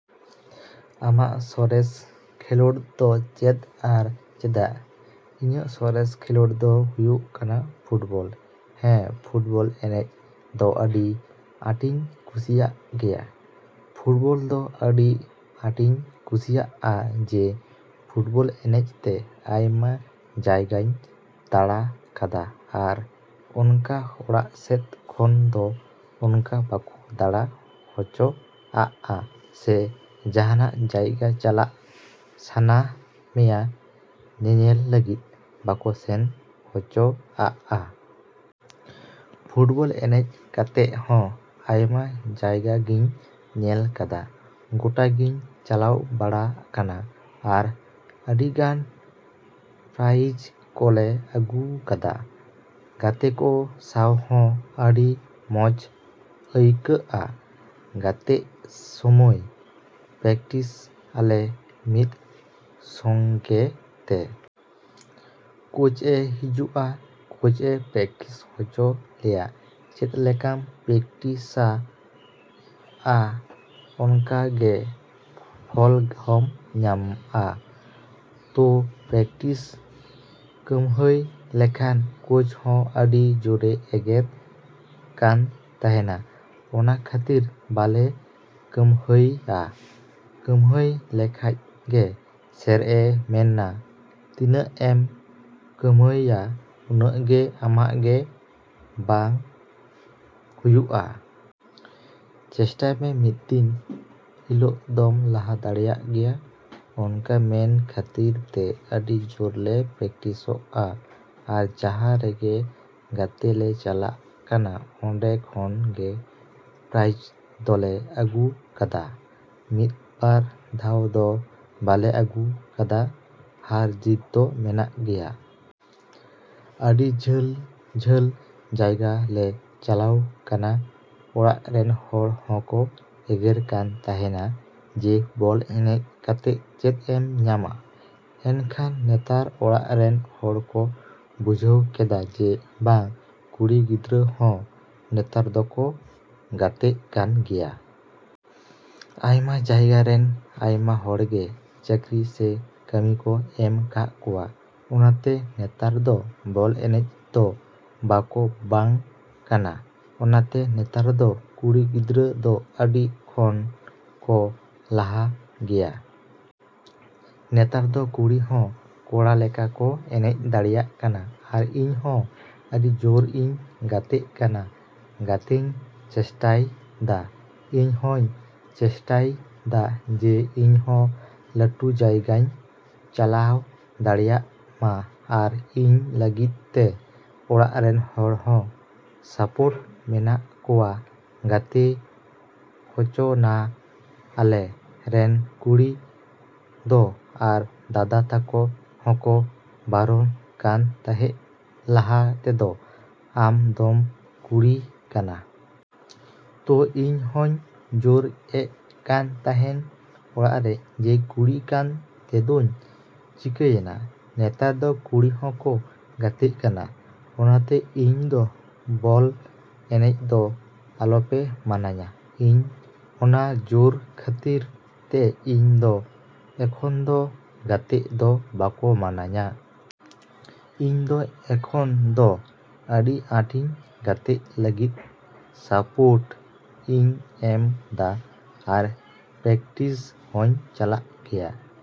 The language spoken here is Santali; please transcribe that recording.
ᱟᱢᱟᱜ ᱥᱚᱨᱮᱥ ᱠᱷᱮᱞᱳᱰ ᱫᱚ ᱪᱮᱫ ᱟᱨ ᱪᱮᱫᱟᱜ? ᱤᱧᱟᱹᱜ ᱥᱚᱨᱮᱥ ᱠᱷᱮᱞᱳᱰ ᱫᱚ ᱦᱩᱭᱩᱜ ᱠᱟᱱᱟ ᱯᱷᱩᱴᱵᱚᱞ ᱦᱮᱸ ᱯᱷᱩᱴᱵᱚᱞ ᱮᱱᱮᱡ ᱫᱚ ᱟᱹᱰᱤ ᱟᱸᱴᱤᱧ ᱠᱩᱥᱤᱭᱟᱜ ᱜᱮᱭᱟ᱾ ᱯᱷᱩᱴᱵᱚᱞ ᱫᱚ ᱟᱹᱰᱤ ᱟᱸᱴᱤᱧ ᱠᱩᱥᱤᱭᱟᱜᱼᱟ ᱡᱮ ᱯᱷᱩᱴᱵᱚᱞ ᱮᱱᱮᱡ ᱛᱮ ᱟᱭᱢᱟ ᱡᱟᱭᱜᱟᱧ ᱫᱟᱬᱟ ᱠᱟᱫᱟ ᱟᱨ ᱚᱱᱠᱟ ᱚᱲᱟᱜ ᱥᱮᱫ ᱠᱷᱚᱱ ᱫᱚ ᱚᱱᱠᱟ ᱵᱟᱠᱚ ᱫᱟᱬᱟ ᱦᱚᱪᱚ ᱟᱜᱼᱟ ᱥᱮ ᱡᱟᱸᱦᱟᱱᱟᱜ ᱡᱟᱭᱜᱟ ᱪᱟᱞᱟᱜ ᱥᱟᱱᱟ ᱢᱮᱭᱟ ᱧᱮᱧᱮᱞ ᱞᱟᱹᱜᱤᱫ ᱵᱟᱠᱚ ᱥᱮᱱ ᱦᱚᱪᱚ ᱟᱜᱼᱟ᱾ ᱯᱷᱩᱴᱵᱚᱞ ᱮᱱᱮᱡ ᱠᱟᱛᱮᱜ ᱦᱚᱸ ᱟᱭᱢᱟ ᱡᱟᱭᱜᱟᱜᱤᱧ ᱧᱮᱞ ᱠᱟᱫᱟ ᱜᱳᱴᱟ ᱜᱤᱧ ᱪᱟᱞᱟᱣ ᱵᱟᱲᱟ ᱠᱟᱱᱟ ᱟᱨ ᱟᱹᱰᱤᱜᱟᱱ ᱯᱨᱟᱭᱤᱡ ᱠᱚᱞᱮ ᱟᱹᱜᱩ ᱠᱟᱫᱟ᱾ ᱜᱟᱛᱮ ᱠᱚ ᱥᱟᱶ ᱦᱚᱸ ᱟᱹᱰᱤ ᱢᱚᱸᱡ ᱟᱹᱭᱠᱟᱹᱜᱼᱟ ᱜᱟᱛᱮᱜ ᱥᱚᱢᱚᱭ᱾ ᱯᱨᱮᱠᱴᱤᱥ ᱟᱞᱮ ᱢᱤᱫ ᱥᱚᱝᱜᱮ ᱛᱮ᱾ ᱠᱳᱪ ᱮ ᱦᱤᱡᱩᱜᱼᱟ ᱠᱳᱪ ᱮ ᱯᱨᱮᱠᱴᱤᱥ ᱦᱚᱪᱚ ᱞᱮᱭᱟ᱾ ᱪᱮᱫ ᱞᱮᱠᱟᱢ ᱯᱨᱮᱠᱴᱤᱥᱟᱼᱟ ᱚᱱᱠᱟ ᱜᱮ ᱯᱷᱚᱞ ᱦᱚᱢ ᱧᱟᱢᱼᱟ᱾ ᱛᱳ ᱯᱨᱮᱠᱴᱤᱥ ᱠᱟᱹᱢᱦᱟᱹᱭ ᱞᱮᱠᱷᱟᱱ ᱠᱳᱪ ᱦᱚᱸ ᱟᱹᱰᱤ ᱡᱳᱨᱮ ᱮᱜᱮᱨ ᱠᱟᱱ ᱛᱟᱸᱦᱮᱱᱟ᱾ ᱚᱱᱟ ᱠᱷᱟᱹᱛᱤᱨ ᱵᱟᱞᱮ ᱠᱟᱹᱢᱦᱟᱹᱭᱼᱟ᱾ ᱠᱟᱹᱢᱦᱟᱹᱭ ᱞᱮᱠᱷᱟᱡ ᱜᱮ ᱥᱮᱨ ᱮ ᱢᱮᱱᱟ ᱛᱤᱱᱟᱹᱜ ᱮᱢ ᱠᱟᱢᱦᱟᱹᱭᱟ ᱩᱱᱟᱹᱜ ᱜᱮ ᱟᱢᱟᱜ ᱜᱮ ᱵᱟᱝ ᱦᱩᱭᱩᱜᱼᱟ᱾ ᱪᱮᱥᱴᱟᱭ ᱢᱮ ᱢᱤᱫ ᱫᱤᱱ ᱦᱤᱞᱳᱜ ᱫᱚᱢ ᱞᱟᱦᱟ ᱫᱟᱲᱮᱭᱟᱜ ᱜᱮᱭᱟ᱾ ᱚᱱᱠᱟ ᱢᱮᱱ ᱠᱷᱟᱹᱛᱤᱨ ᱛᱮ ᱟᱹᱰᱤ ᱡᱳᱨ ᱞᱮ ᱯᱨᱮᱠᱴᱤᱥᱚᱜᱼᱟ ᱟᱨ ᱡᱟᱸᱦᱟ ᱨᱮᱜᱮ ᱜᱟᱛᱮ ᱞᱮ ᱪᱟᱞᱟᱜ ᱠᱟᱱᱟ ᱚᱱᱰᱮ ᱠᱷᱚᱱ ᱜᱮ ᱯᱨᱟᱭᱤᱡ ᱫᱚᱞᱮ ᱟᱹᱜᱩ ᱠᱟᱫᱟ᱾ ᱢᱤᱫ ᱵᱟᱨ ᱫᱷᱟᱣ ᱫᱚ ᱵᱟᱞᱮ ᱟᱹᱜᱩ ᱠᱟᱫᱟ ᱦᱟᱨ ᱡᱤᱛ ᱫᱚ ᱢᱮᱱᱟᱜ ᱜᱮᱭᱟ᱾ ᱟᱹᱰᱤ ᱡᱷᱟᱹᱞ ᱡᱷᱟᱹᱞ ᱡᱟᱭᱜᱟ ᱞᱮ ᱪᱟᱞᱟᱣ ᱠᱟᱱᱟ᱾ ᱚᱲᱟᱜ ᱨᱮᱱ ᱦᱚᱲ ᱦᱚᱸᱠᱚ ᱮᱜᱮᱨ ᱠᱟᱱ ᱛᱟᱸᱦᱮᱱᱟ ᱡᱮ ᱵᱚᱞ ᱮᱱᱮᱡ ᱠᱟᱛᱮᱜ ᱪᱮᱫ ᱮᱢ ᱧᱟᱢᱟ? ᱮᱱᱠᱷᱟᱱ ᱱᱮᱛᱟᱨ ᱚᱲᱟᱜ ᱨᱮᱱ ᱦᱚᱲ ᱠᱚ ᱵᱩᱡᱷᱟᱹᱣ ᱠᱮᱫᱟ ᱡᱮ ᱵᱟᱝ ᱠᱩᱲᱤ ᱜᱤᱫᱽᱨᱟᱹ ᱦᱚᱸ ᱱᱮᱛᱟᱨ ᱫᱚᱠᱚ ᱜᱟᱛᱮᱜ ᱠᱟᱱ ᱜᱮᱭᱟ᱾ ᱟᱭᱢᱟ ᱡᱟᱭᱜᱟ ᱨᱮ ᱟᱭᱢᱟ ᱦᱚᱲ ᱜᱮ ᱪᱟᱹᱠᱨᱤ ᱥᱮ ᱠᱟᱹᱢᱤ ᱠᱚ ᱮᱢ ᱠᱟᱜ ᱠᱚᱣᱟ᱾ ᱚᱱᱟᱛᱮ ᱱᱮᱛᱟᱨ ᱫᱚ ᱵᱚᱞ ᱮᱱᱮᱡ ᱫᱚ ᱵᱟᱠᱚ ᱵᱟᱝ ᱠᱟᱱᱟ᱾ ᱚᱱᱟᱛᱮ ᱱᱮᱛᱟᱨ ᱫᱚ ᱠᱩᱲᱤ ᱜᱤᱫᱽᱨᱟᱹ ᱫᱚ ᱟᱹᱰᱤ ᱠᱷᱚᱱ ᱠᱚ ᱞᱟᱦᱟ ᱜᱮᱭᱟ᱾ ᱱᱮᱛᱟᱨ ᱫᱚ ᱠᱩᱲᱤ ᱦᱚᱸ ᱠᱚᱲᱟ ᱞᱮᱠᱟ ᱠᱚ ᱮᱱᱮᱡ ᱫᱟᱲᱮᱭᱟᱜ ᱠᱟᱱᱟ᱾ ᱟᱨ ᱤᱧ ᱦᱚᱸ ᱟᱹᱰᱤ ᱡᱳᱨ ᱤᱧ ᱜᱟᱛᱮᱜ ᱠᱟᱱᱟ ᱜᱟᱛᱮᱧ ᱪᱮᱥᱴᱟᱭ ᱫᱟ᱾ ᱤᱧ ᱦᱚᱧ ᱪᱮᱥᱴᱟᱭ ᱫᱟ ᱡᱮ ᱤᱧ ᱦᱚᱸ ᱞᱟᱹᱴᱩ ᱡᱟᱭᱜᱟᱧ ᱪᱟᱞᱟᱣ ᱫᱟᱲᱮᱭᱟᱜᱼᱢᱟ ᱟᱨ ᱤᱧ ᱞᱟᱹᱜᱤᱫ ᱛᱮ ᱚᱲᱟᱜ ᱨᱮᱱ ᱦᱚᱲ ᱦᱚᱸ ᱥᱟᱯᱳᱴ ᱢᱮᱱᱟᱜ ᱠᱚᱣᱟ ᱜᱟᱛᱮ ᱦᱚᱪᱚᱱᱟ ᱟᱞᱮ ᱨᱮᱱ ᱠᱩᱲᱤ ᱫᱚ ᱟᱨ ᱫᱟᱫᱟ ᱛᱟᱠᱚ ᱦᱚᱸᱠᱚ ᱵᱟᱨᱚᱱ ᱠᱟᱱ ᱛᱟᱸᱦᱮᱜ ᱞᱟᱦᱟ ᱛᱮᱫᱚ ᱟᱢ ᱫᱚᱢ ᱠᱩᱲᱤ ᱠᱟᱱᱟ᱾ ᱛᱳ ᱤᱧ ᱦᱚᱧ ᱡᱳᱨ ᱮᱜ ᱠᱟᱱ ᱛᱟᱸᱦᱮᱱ ᱚᱲᱟᱜ ᱨᱮ ᱡᱮ ᱠᱩᱲᱤ ᱠᱟᱱ ᱛᱮᱫᱳᱧ ᱪᱤᱠᱟᱭᱮᱱᱟ? ᱱᱮᱛᱟᱨ ᱫᱚ ᱠᱩᱲᱤ ᱦᱚᱸᱠᱚ ᱜᱟᱛᱮᱜ ᱠᱟᱱᱟ᱾ ᱚᱱᱟᱛᱮ ᱤᱧ ᱫᱚ ᱵᱚᱞ ᱮᱱᱮᱡ ᱫᱚ ᱟᱞᱚᱯᱮ ᱢᱟᱱᱟᱧᱟ᱾ ᱤᱧ ᱚᱱᱟ ᱡᱳᱨ ᱠᱷᱟᱹᱛᱤᱨ ᱛᱮ ᱤᱧ ᱫᱚ ᱮᱠᱷᱚᱱ ᱫᱚ ᱜᱟᱛᱮᱜ ᱫᱚ ᱵᱟᱠᱚ ᱢᱟᱱᱟᱧᱟ᱾ ᱤᱧ ᱫᱚ ᱮᱠᱷᱚᱱ ᱫᱚ ᱟᱹᱰᱤ ᱟᱸᱴᱤᱧ ᱜᱟᱛᱮᱜ ᱞᱟᱹᱜᱤᱫ ᱥᱟᱯᱳᱨᱴ ᱤᱧ ᱮᱢ ᱫᱟ ᱟᱨ ᱯᱨᱮᱠᱴᱤᱥ ᱦᱚᱧ ᱪᱟᱞᱟᱜ ᱜᱮᱭᱟ।